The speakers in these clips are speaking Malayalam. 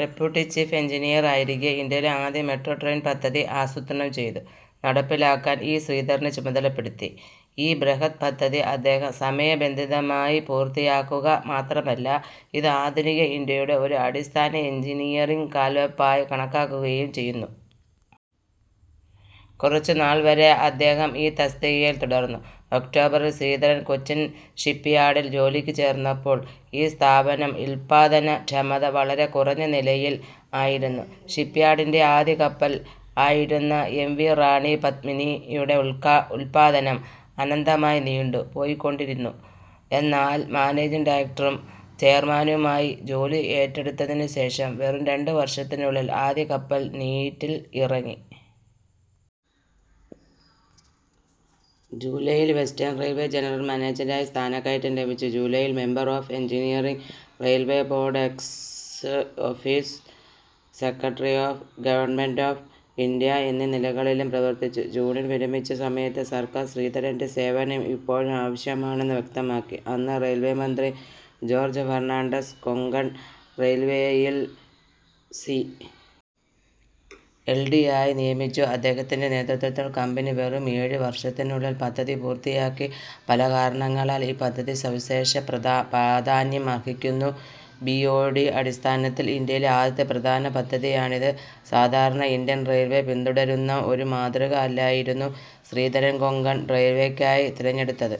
ഡെപ്യൂട്ടി ചീഫ് എഞ്ചിനീയർ ആയിരിക്കെ ഇന്ത്യയിലെ ആദ്യ മെട്രോ ട്രെയിൻ പദ്ധതി ആസൂത്രണം ചെയ്തു നടപ്പിലാക്കാൻ ഇ ശ്രീധരനെ ചുമതല പെടുത്തി. ഈ ബൃഹത് പദ്ധതി അദ്ദേഹം സമയ ബന്ധിതമായി പൂർത്തിയാക്കുക മാത്രമല്ല, ഇത് ആധുനിക ഇന്ത്യയുടെ ഒരു അടിസ്ഥാന എഞ്ചിനീയറിംഗ് കാൽവെപ്പായി കണക്കാക്കുകയും ചെയ്യുന്നു. കുറച്ചുനാൾവരെ അദ്ദേഹം ഈ തസ്തികയിൽ തുടർന്നു. ഒക്ടോബറിൽ ശ്രീധരൻ കൊച്ചിൻ ഷിപ്യാർഡിൽ ജോലിക്കു ചേർന്നപ്പോൾ, ഈ സ്ഥാപനം ഉല്പാദന ക്ഷമത വളരെ കുറഞ്ഞ നിലയിൽ ആയിരുന്നു. ഷിപ്യാർഡിന്റെ ആദ്യ കപ്പൽ ആയിരുന്ന എം. വി. റാണി പദ്മിനി യുടെ ഉൽകാ ഉൽപാദനം അനന്തമായി നീണ്ടു പോയിക്കൊണ്ടിരുന്നു. എന്നാൽ മാനേജിങ് ഡയറക്ടറും ചെയർമാനുമായി ആയി ജോലി ഏറ്റെടുത്തതിനു ശേഷം വെറും രണ്ടു വർഷത്തിനുള്ളിൽ ആദ്യ കപ്പൽ നീറ്റിൽ ഇറങ്ങി. ജൂലായിൽ വെസ്റ്റേൺ റെയിൽവേ ജനറൽ മാനേജരായി സ്ഥാന കയറ്റം ലഭിച്ചു. ജൂലായിൽ member of engineering, railway board ex office secretary of government of India എന്നീ നിലകളിലും പ്രവർത്തിച്ചു. ജൂണിൽ വിരമിച്ച സമയത്ത് സർക്കാർ ശ്രീധരന്റെ സേവനം ഇപ്പോഴും ആവശ്യമാണെന്ന് വ്യക്തമാക്കി, അന്ന് റെയിൽവേ മന്ത്രി ജോർജ് ഫെർണാണ്ടസ് കൊങ്കൺ റെയിൽവേയിൽ സി. എൽ. ഡി ആയി നിയമിച്ചു. അദ്ദേഹത്തിന്റെ നേതൃത്വത്തിൽ കമ്പനി വെറും ഏഴു വർഷത്തിനുള്ളിൽ പദ്ധതി പൂർത്തിയാക്കി. പല കാരണങ്ങളാൽ ഈ പദ്ധതി സവിശേഷ പ്രധാ പ്രാധാന്യം അർഹിക്കുന്നു. ബി. ഒ. ടി. അടിസ്ഥാനത്തിൽ ഇന്ത്യയിലെ ആദ്യത്തെ പ്രധാന പദ്ധതിയാണിത്. സാധാരണ ഇന്ത്യൻ റെയിൽവേ പിന്തുടരുന്ന ഒരു മാതൃക അല്ലായിരുന്നു ശ്രീധരൻ കൊങ്കൺ റെയിൽവേക്കായി തിരഞ്ഞെടുത്തത്.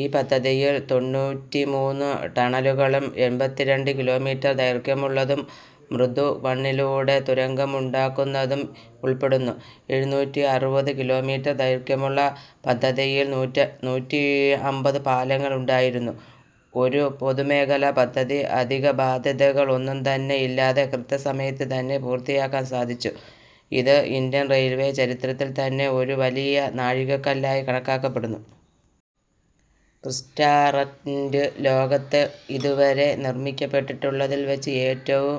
ഈ പദ്ധതിയിൽ തൊണ്ണൂറ്റിമൂന്ന് ടണലുകളും എൺപത്തിരണ്ട്‍ കിലോമീറ്റർ ദൈർഘ്യമുള്ളതും മൃദു മണ്ണിലൂടെ തുരങ്കമുണ്ടാക്കുന്നതും ഉൾപ്പെടുന്നു. എഴുനൂറ്റിഅറുപത് കിലോമീറ്റർ ദൈർഘ്യമുള്ള പദ്ധതിയിൽ നൂറ്റ നൂറ്റിഅമ്പത് പാലങ്ങൾ ഉണ്ടായിരുന്നു. ഒരു പൊതുമേഖലാ പദ്ധതി അധിക ബാദ്ധ്യതകൾ ഒന്നും തന്നെ ഇല്ലാതെ കൃത്യ സമയത്തു തന്നെ പൂർത്തിയാക്കാൻ സാധിച്ചു. ഇത് ഇന്ത്യൻ റെയിൽവേ ചരിത്രത്തിൽ തന്നെ ഒരു വലിയ നാഴികകല്ലായി കണക്കാക്കപ്പെടുന്നു. ക്രിസ്റ്റാറന്റ് ലോകത്തു ഇതുവരെ നിർമിക്കപ്പെട്ടിട്ടുള്ളതിൽ വച്ച് ഏറ്റവും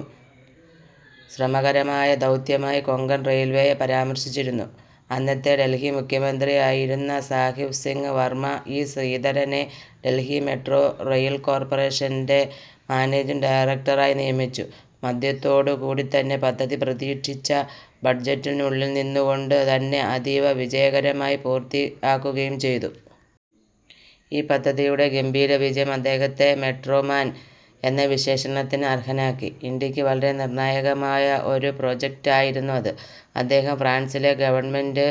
ശ്രമകരമായ ദൗത്യമായി കൊങ്കൺ റെയിൽവേ പരാമർശിച്ചിരിന്നു. അന്നത്തെ ഡൽഹി മുഖ്യമന്ത്രി ആയിരുന്ന സാഹിബ് സിംഗ് വർമ്മ, ഇ ശ്രീധരനെ ഡൽഹി മെട്രോ റെയിൽ കോർപറേഷന്റെ മാനേജിങ് ഡയറക്ടർ ആയി നിയമിച്ചു. മധ്യത്തോടു കൂടിത്തന്നെ പദ്ധതി പ്രതീക്ഷിച്ച ബഡ്ജറ്റിൽനുള്ളിൽ നിന്നുകൊണ്ട് തന്നെ അതീവ വിജയകരമായി പൂർത്തി ആക്കുകയും ചെയ്തു. ഈ പദ്ധതിയുടെ ഗംഭീര വിജയം അദ്ദേഹത്തെ "മെട്രോ മാൻ" എന്ന വിശേഷണത്തിന് അർഹനാക്കി. ഇന്ത്യക്കു വളരെ നിർണായകമായ ഒരു പ്രൊജക്റ്റ് ആയിരുന്നു അത്. അദ്ദേഹം ഫ്രാൻസിലെ government,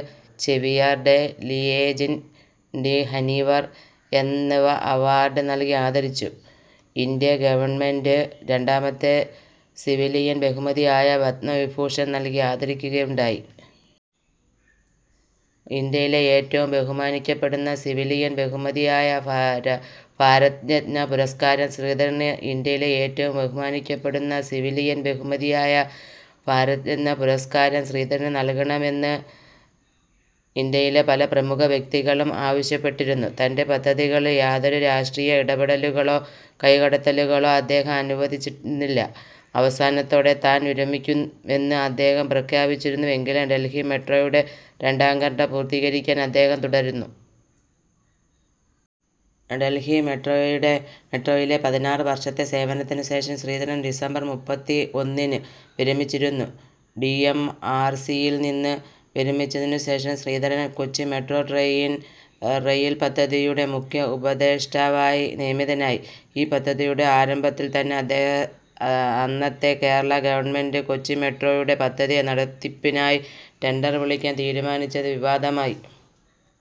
Chevalier de Legion d'honneur എന്നിവ അവാർഡ് നൽകി ആദരിച്ചു. ഇന്ത്യ ഗവണ്മെന്റ് രണ്ടാമത്തെ സിവിലിയൻ ബഹുമതി ആയ പദ്മവിഭൂഷൺ നൽകി ആദരിക്കുക ഉണ്ടായി. ഇന്ത്യയിലെ ഏറ്റവും ബഹുമാനിക്കപ്പെടുന്ന സിവിലിയൻ ബഹുമതിയായ ഭാര ഭാരത് രത്ന പുരസ്കാരം ശ്രീധരന് ഇന്ത്യയിലെ ഏറ്റവും ബഹുമാനിക്കപ്പെടുന്ന സിവിലിയൻ ബഹുമതിയായ ഭാരത് രത്ന പുരസ്കാരം ശ്രീധരന് നൽകണമെന്ന് ഇന്ത്യയിലെ പല പ്രമുഖ വ്യക്തികളും ആവശ്യപ്പെട്ടിരുന്നു. തന്റെ പദ്ധതികളിൽ യാതൊരു രാഷ്ട്രീയ ഇടപെടലുകളോ കൈകടത്തലുകളോ അദ്ദേഹം അനുവദിച്ചിരുന്നില്ല. അവസാനത്തോടെ താൻ വിരമിക്കുമെന്ന് അദ്ദേഹം പ്രഖ്യാപിച്ചിരുന്നുവെങ്കിലും ഡൽഹി മെട്രോയുടെ രണ്ടാംഘട്ടം പൂർത്തീകരിക്കാൻ അദ്ദേഹം തുടരുന്നു. ഡൽഹി മെട്രോയുടെ മെട്രോയിലെ പതിനാറ് വർഷത്തെ സേവനത്തിനു ശേഷം ശ്രീധരൻ ഡിസംബർ മുപ്പത്തിഒന്നിന് വിരമിച്ചിരുന്നു. ഡി. എം. ആർ. സി. യിൽ നിന്ന് വിരമിച്ചതിനു ശേഷം ശ്രീധരൻ കൊച്ചി മെട്രോട്രെയിൻ റെയിൽ പദ്ധതിയുടെ മുഖ്യ ഉപദേഷ്ടാവായി നിയമിതനായി. ഈ പദ്ധതിയുടെ ആരംഭത്തിൽ തന്നെ അന്നത്തെ കേരള ഗവണ്മെന്റ് കൊച്ചി മെട്രോ യുടെ പദ്ധതി നടത്തിപ്പിനായി ടെൻഡർ വിളിക്കാൻ തീരുമാനിച്ചത് വിവാദമായി.